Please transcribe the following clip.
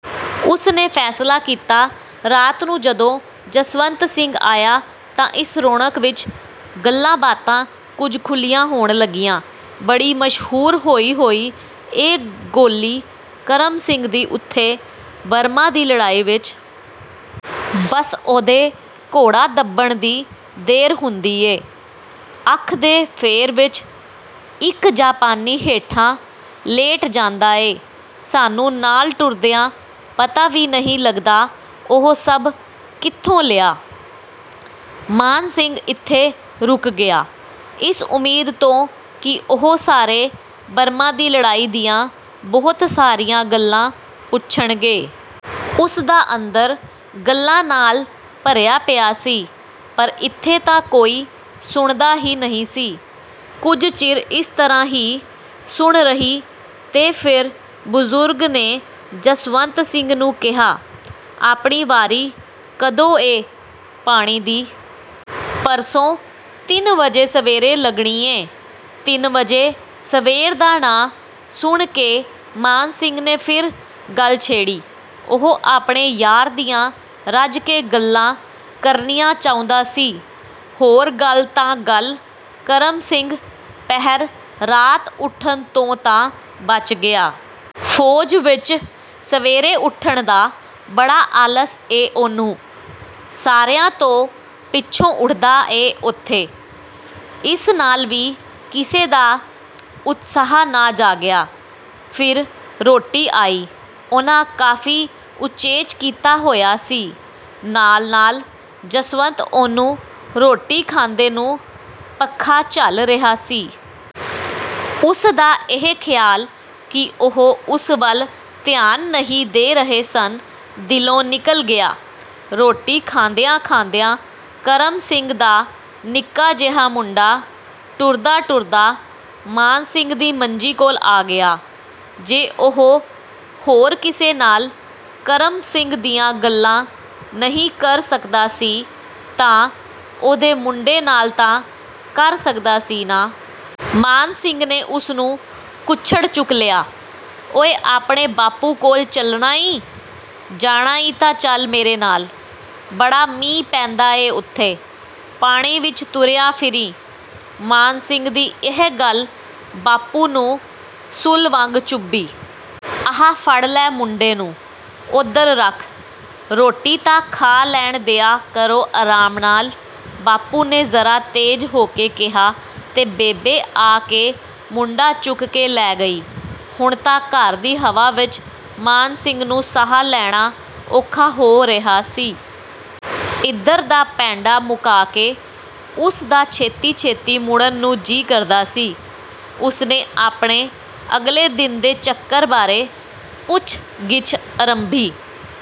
ਉਸ ਨੇ ਫ਼ੈਸਲਾ ਕੀਤਾ। ਰਾਤ ਨੂੰ ਜਦੋਂ ਜਸਵੰਤ ਸਿੰਘ ਆਇਆ ਤਾਂ ਇਸ ਰੌਣਕ ਵਿਚ ਗੱਲਾਂ-ਬਾਤਾਂ ਕੁਝ ਖੁੱਲ੍ਹੀਆਂ ਹੋਣ ਲੱਗੀਆਂ। ''ਬੜੀ ਮਸ਼ਹੂਰ ਹੋਈ ਹੋਈ ਏ ਗੋਲੀ ਕਰਮ ਸਿੰਘ ਦੀ ਉੱਥੇ 'ਬਰਮਾ' ਦੀ ਲੜਾਈ ਵਿਚ। ਬਸ ਉਹਦੇ ਘੋੜਾ ਦੱਬਣ ਦੀ ਦੇਰ ਹੁੰਦੀ ਏ, ਅੱਖ ਦੇ ਫੋਰ ਵਿਚ ਇਕ ਜਾਪਾਨੀ ਹੇਠਾਂ ਲੇਟ ਜਾਂਦਾ ਏ। ਸਾਨੂੰ ਨਾਲ ਟੁਰਦਿਆਂ ਪਤਾ ਵੀ ਨਹੀਂ ਲੱਗਦਾ ਉਹ ਸਭ ਕਿੱਥੋਂ ਲਿਆ।'' ਮਾਨ ਸਿੰਘ ਇੱਥੇ ਰੁਕ ਗਿਆ, ਇਸ ਉਮੀਦ ਤੋਂ ਕਿ ਉਹ ਸਾਰੇ 'ਬਰਮਾ' ਦੀ ਲੜਾਈ ਦੀਆਂ ਬਹੁਤ ਸਾਰੀਆਂ ਗੱਲਾਂ ਪੁੱਛਣਗੇ। ਉਸ ਦਾ ਅੰਦਰ ਗੱਲਾਂ ਨਾਲ ਭਰਿਆ ਪਿਆ ਸੀ ਪਰ ਇੱਥੇ ਤਾਂ ਕੋਈ ਸੁਣਦਾ ਹੀ ਨਹੀਂ ਸੀ। ਕੁਝ ਚਿਰ ਇਸ ਤਰ੍ਹਾਂ ਹੀ ਸੁੰਨ ਰਹੀ ਤੇ ਫਿਰ ਬਜ਼ੁਰਗ ਨੇ ਜਸਵੰਤ ਸਿੰਘ ਨੂੰ ਕਿਹਾ, ''ਆਪਣੀ ਵਾਰੀ ਕਦੋਂ ਏ ਪਾਣੀ ਦੀ?'' ''ਪਰਸੋਂ ਤਿੰਨ ਵਜੇ ਸਵੇਰੇ ਲੱਗਣੀ ਏ।'' ਤਿੰਨ ਵਜੇ ਸਵੇਰ ਦਾ ਨਾਂ ਸੁਣ ਕੇ ਮਾਨ ਸਿੰਘ ਨੇ ਫਿਰ ਗੱਲ ਛੇੜੀ। ਉਹ ਆਪਣੇ ਯਾਰ ਦੀਆਂ ਰੱਜ ਕੇ ਗੱਲਾਂ ਕਰਨੀਆਂ ਚਾਹੁੰਦਾ ਸੀ। ''ਹੋਰ ਗੱਲ ਤਾਂ ਗੱਲ, ਕਰਮ ਸਿੰਘ ਪਹਿਰ ਰਾਤ ਉੱਠਣ ਤੋਂ ਤਾਂ ਬਚ ਗਿਆ। ਫ਼ੌਜ ਵਿਚ ਸਵੇਰੇ ਉੱਠਣ ਦਾ ਬੜਾ ਆਲਸ ਏ ਉਹਨੂੰ। ਸਾਰਿਆਂ ਤੋਂ ਪਿੱਛੋਂ ਉੱਠਦਾ ਏ ਓਥੇ।'' ਇਸ ਨਾਲ ਵੀ ਕਿਸੇ ਦਾ ਉਤਸਾਹ ਨਾ ਜਾਗਿਆ। ਫਿਰ ਰੋਟੀ ਆਈ। ਉਹਨਾਂ ਕਾਫ਼ੀ ਉਚੇਚ ਕੀਤਾ ਹੋਇਆ ਸੀ। ਨਾਲ-ਨਾਲ ਜਸਵੰਤ ਉਹਨੂੰ ਰੋਟੀ ਖਾਂਦੇ ਨੂੰ ਪੱਖਾ ਝੱਲ ਰਿਹਾ ਸੀ। ਉਸ ਦਾ ਇਹ ਖ਼ਿਆਲ ਕਿ ਉਹ ਉਸ ਵੱਲ ਧਿਆਨ ਨਹੀਂ ਦੇ ਰਹੇ ਸਨ, ਦਿਲੋਂ ਨਿਕਲ ਗਿਆ। ਰੋਟੀ ਖਾਂਦਿਆਂ-ਖਾਂਦਿਆਂ ਕਰਮ ਸਿੰਘ ਦਾ ਨਿੱਕਾ ਜਿਹਾ ਮੁੰਡਾ ਟੁਰਦਾ-ਟੁਰਦਾ ਮਾਨ ਸਿੰਘ ਦੀ ਮੰਜੀ ਕੋਲ ਆ ਗਿਆ। ਜੇ ਉਹ ਹੋਰ ਕਿਸੇ ਨਾਲ ਕਰਮ ਸਿੰਘ ਦੀਆਂ ਗੱਲਾਂ ਨਹੀਂ ਕਰ ਸਕਦਾ ਸੀ ਤਾਂ ਉਹਦੇ ਮੁੰਡੇ ਨਾਲ ਤਾਂ ਕਰ ਸਕਦਾ ਸੀ ਨਾ। ਮਾਨ ਸਿੰਘ ਨੇ ਉਸ ਨੂੰ ਕੁੱਛੜ ਚੁੱਕ ਲਿਆ। ''ਓਏ, ਆਪਣੇ ਬਾਪੂ ਕੋਲ ਚੱਲਣਾ ਈਂ? ਜਾਣਾ ਈ ਤਾਂ ਚੱਲ ਮੇਰੇ ਨਾਲ। ਬੜਾ ਮੀਂਹ ਪੈਂਦਾ ਏ ਉੱਥੇ, ਪਾਣੀ ਵਿਚ ਤੁਰਿਆ ਫਿਰੀਂ।'' ਮਾਨ ਸਿੰਘ ਦੀ ਇਹ ਗੱਲ ਬਾਪੂ ਨੂੰ ਸੂਲ ਵਾਂਗ ਚੁੱਭੀ। ''ਆਹ ਫੜ ਲੈ ਮੁੰਡੇ ਨੂੰ, ਉੱਧਰ ਰੱਖ। ਰੋਟੀ ਤਾਂ ਖਾ ਲੈਣ ਦਿਆ ਕਰੋ ਆਰਾਮ ਨਾਲ।'' ਬਾਪੂ ਨੇ ਜ਼ਰਾ ਤੇਜ਼ ਹੋ ਕੇ ਕਿਹਾ ਤੇ ਬੇਬੇ ਆ ਕੇ ਮੁੰਡਾ ਚੁੱਕ ਕੇ ਲੈ ਗਈ। ਹੁਣ ਤਾਂ ਘਰ ਦੀ ਹਵਾ ਵਿਚ ਮਾਨ ਸਿੰਘ ਨੂੰ ਸਾਹ ਲੈਣਾ ਔਖਾ ਹੋ ਰਿਹਾ ਸੀ। ਇੱਧਰ ਦਾ ਪੈਂਡਾ ਮੁਕਾ ਕੇ ਉਸ ਦਾ ਛੇਤੀ-ਛੇਤੀ ਮੁੜਨ ਨੂੰ ਜੀ ਕਰਦਾ ਸੀ। ਉਸ ਨੇ ਆਪਣੇ ਅਗਲੇ ਦਿਨ ਦੇ ਚੱਕਰ ਬਾਰੇ ਪੁੱਛ-ਗਿੱਛ ਅਰੰਭੀ।